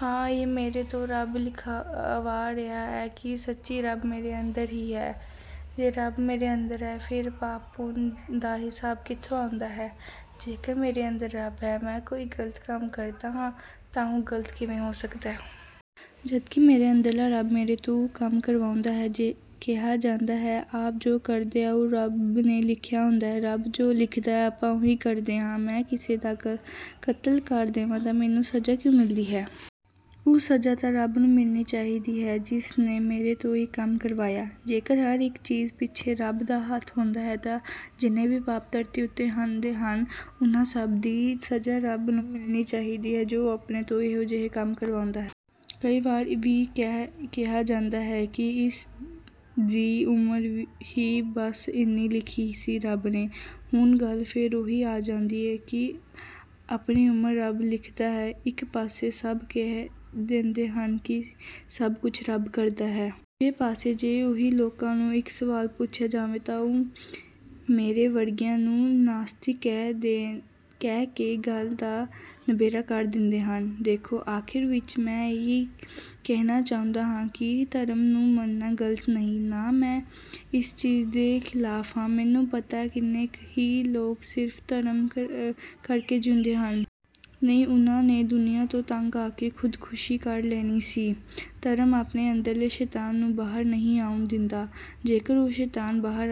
ਹਾਂ ਇਹ ਮੇਰੇ ਤੋਂ ਰੱਬ ਲਿਖਵਾ ਰਿਹਾ ਹੈ…? ਕੀ ਸੱਚੀ ਰੱਬ ਮੇਰੇ ਅੰਦਰ ਹੀ ਹੈ…? ਜੇ ਰੱਬ ਮੇਰੇ ਅੰਦਰ ਹੈ ਫਿਰ ਪਾਪ ਪੁੰਨ ਦਾ ਹਿਸਾਬ ਕਿੱਥੋਂ ਆਉਂਦਾ ਹੈ? ਜੇਕਰ ਮੇਰੇ ਅੰਦਰ ਰੱਬ ਹੈ, ਮੈਂ ਕੋਈ ਗਲਤ ਕੰਮ ਕਰਦਾਂ ਹਾਂ, ਤਾਂ ਉਹ ਗ਼ਲਤ ਕਿਵੇਂ ਹੋ ਸਕਦਾ? ਜਦਕਿ ਮੇਰੇ ਅੰਦਰਲਾ ਰੱਬ ਮੇਰੇ ਤੋਂ ਉਹ ਕੰਮ ਕਰਵਾਉਂਦਾ ਹੈ। ਕਿਹਾ ਜਾਂਦਾ ਹੈ ਆਪਾਂ ਜੋ ਕਰਦੇ ਹਾਂ ਉਹ ਰੱਬ ਨੇ ਲਿਖਿਆ ਹੁੰਦਾ ਹੈ। ਰੱਬ ਜੋ ਲਿਖਦਾ ਆਪਾਂ ਓਹੀ ਕਰਦੇ ਹਾਂ। ਮੈਂ ਕਿਸੇ ਦਾ ਕਤਲ ਕਰ ਦੇਵਾਂ ਤਾਂ ਮੈਨੂੰ ਸਜ਼ਾ ਕਿਉਂ ਮਿਲਦੀ ਹੈ। ਉਹ ਸਜ਼ਾ ਤਾਂ ਰੱਬ ਨੂੰ ਮਿਲਦੀ ਚਾਹੀਦੀ ਹੈ ਜਿਸ ਨੇ ਮੇਰੇ ਤੋਂ ਇਹ ਕੰਮ ਕਰਵਾਇਆ। ਜੇਕਰ ਹਰ ਇੱਕ ਚੀਜ਼ ਪਿੱਛੇ ਰੱਬ ਦਾ ਹੱਥ ਹੁੰਦਾ ਤਾਂ ਜਿੰਨੇ ਵੀ ਪਾਪ ਧਰਤੀ ਉੱਤੇ ਹੁੰਦੇ ਹਨ। ਉਹਨਾਂ ਸਭ ਦੀ ਸਜ਼ਾ ਰੱਬ ਨੂੰ ਮਿਲਦੀ ਚਾਹੀਦੀ ਹੈ, ਜੋ ਆਪਣੇ ਤੋਂ ਇਹੋ ਜਿਹੇ ਕੰਮ ਕਰਵਾਉਂਦਾ ਹੈ। ਕਈ ਵਾਰ ਇਹ ਵੀ ਕਿਹਾ ਜਾਂਦਾ ਹੈ ਕਿ ਇਸ ਦੀ ਉਮਰ ਹੀ ਬਸ ਏਨੀ ਲਿਖੀ ਸੀ ਰੱਬ ਨੇ, ਹੁਣ ਗੱਲ ਫੇਰ ਓਹੀ ਆ ਜਾਂਦੀ ਹੈ ਕੀ ਆਪਣੀ ਉਮਰ ਰੱਬ ਲਿਖਦਾਂ ਹੈ? ਇੱਕ ਪਾਸੇ ਸਭ ਕਹਿ ਦਿੰਦੇ ਹਨ ਕਿ ਸਭ ਕੁਝ ਰੱਬ ਕਰਦਾ ਹੈ। ਦੂਜੇ ਪਾਸੇ ਜੇ ਓਹੀ ਲੋਕਾਂ ਨੂੰ ਇੱਕ ਸਵਾਲ ਪੁੱਛਿਆ ਜਾਵੇ ਤਾਂ ਉਹ ਮੇਰੇ ਵਰਗਿਆਂ ਨੂੰ ਨਾਸਤਿਕ ਕਹਿ ਕੇ ਗੱਲ ਦਾ ਨਬੇੜਾ ਕਰ ਦਿੰਦੇ ਹਨ। ਦੇਖੋ ਆਖਿਰ ਵਿੱਚ ਮੈਂ ਇਹ ਹੀ ਕਹਿਣਾ ਚਾਹੁੰਦਾ ਹਾਂ ਕਿ ਧਰਮ ਨੂੰ ਮੰਨਣਾ ਗ਼ਲਤ ਨਹੀਂ ਹੈ, ਨਾ ਮੈਂ ਇਸ ਚੀਜ਼ ਦੇ ਖ਼ਿਲਾਫ਼ ਹਾਂ, ਮੈਨੂੰ ਪਤਾ ਕਿੰਨੇ ਹੀ ਲੋਕ ਸਿਰਫ਼ ਧਰਮ ਕਰਕੇ ਜਿਉਂਦੇ ਹਨ। ਨਹੀਂ ਉਹਨਾਂ ਨੇ ਦੁਨੀਆਂ ਤੋਂ ਤੰਗ ਆਕੇ ਖ਼ੁਦਖ਼ਸ਼ੀ ਕਰ ਲੈਣੀ ਸੀ, ਧਰਮ ਆਪਣੇ ਅੰਦਰਲੇ ਸ਼ੈਤਾਨ ਨੂੰ ਬਾਹਰ ਨਹੀਂ ਆਉਣ ਦਿੰਦਾ। ਜੇਕਰ ਉਹ ਸ਼ੈਤਾਨ ਬਾਹਰ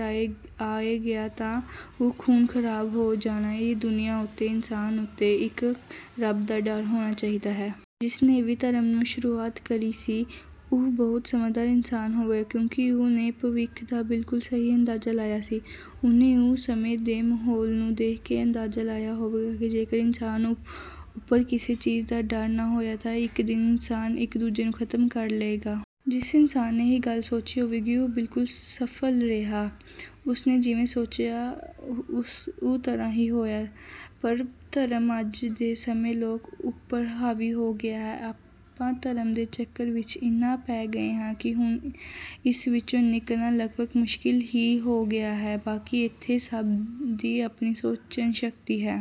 ਆਏ ਗਿਆ ਤਾਂ ਬਹੁਤ ਖੂਨ ਖਰਾਬਾ ਹੋ ਜਾਣਾ ਇਸ ਦੁਨੀਆਂ ਉੱਤੇ, ਇਨਸਾਨ ਉੱਤੇ ਇੱਕ ਰੱਬ ਦਾ ਡਰ ਹੋਣਾ ਚਾਹੀਦਾ ਹੈ। ਜਿਸ ਨੇ ਵੀ ਧਰਮ ਨੂੰ ਸ਼ੁਰੂਆਤ ਕਰੀ ਸੀ, ਉਹ ਬਹੁਤ ਸਮਝਦਾਰ ਇਨਸਾਨ ਹੋਵੇਗਾ, ਕਿਉਂਕਿ ਉਸ ਨੇ ਭਵਿੱਖ ਦਾ ਬਿਲਕੁਲ ਸਹੀ ਅੰਦਾਜ਼ਾ ਲਾਇਆ ਸੀ। ਉਸਨੇ ਉਸ ਸਮੇਂ ਦੇ ਮਾਹੌਲ ਨੂੰ ਦੇਖ ਕੇ ਅੰਦਾਜ਼ਾ ਲਾਇਆ ਹੋਵੇਗਾ ਕੀ ਜੇਕਰ ਇਨਸਾਨ ਉਪਰ ਕਿਸੇ ਚੀਜ਼ ਦਾ ਡਰ ਨਾ ਹੋਇਆ ਤਾਂ ਇੱਕ ਦਿਨ ਇਨਸਾਨ ਇੱਕ ਦੂਜੇ ਨੂੰ ਖ਼ਤਮ ਕਰ ਲਏਗਾ। ਜਿਸ ਇਨਸਾਨ ਨੇ ਇਹ ਗੱਲ ਸੋਚੀ ਹੋਵੇਗੀ, ਉਹ ਬਿਲਕੁਲ ਸਫਲ ਰਿਹਾ। ਉਸ ਨੇ ਜਿਵੇਂ ਸੋਚਿਆ ਉਸ ਤਰ੍ਹਾ ਹੀ ਹੋਇਆ। ਪਰ ਧਰਮ ਅੱਜ ਦੇ ਸਮੇਂ ਲੋਕਾਂ ਉਪਰ ਹਾਵੀ ਹੋ ਗਿਆ ਹੈ। ਆਪਾਂ ਧਰਮ ਦੇ ਚੱਕਰ ਵਿੱਚ ਇਨ੍ਹਾਂ ਪੈ ਗਏ ਹਾਂ ਕੀ ਹੁਣ ਇਸ ਵਿੱਚੋਂ ਨਿਕਲਣਾ ਲੱਗਭਗ ਮੁਸ਼ਕਿਲ ਹੀ ਹੋ ਗਿਆ ਹੈ। ਬਾਕੀ ਏਥੇ ਸਭ ਦੀ ਆਪਣੀ ਸੋਚਣ ਸ਼ਕਤੀ ਹੈ।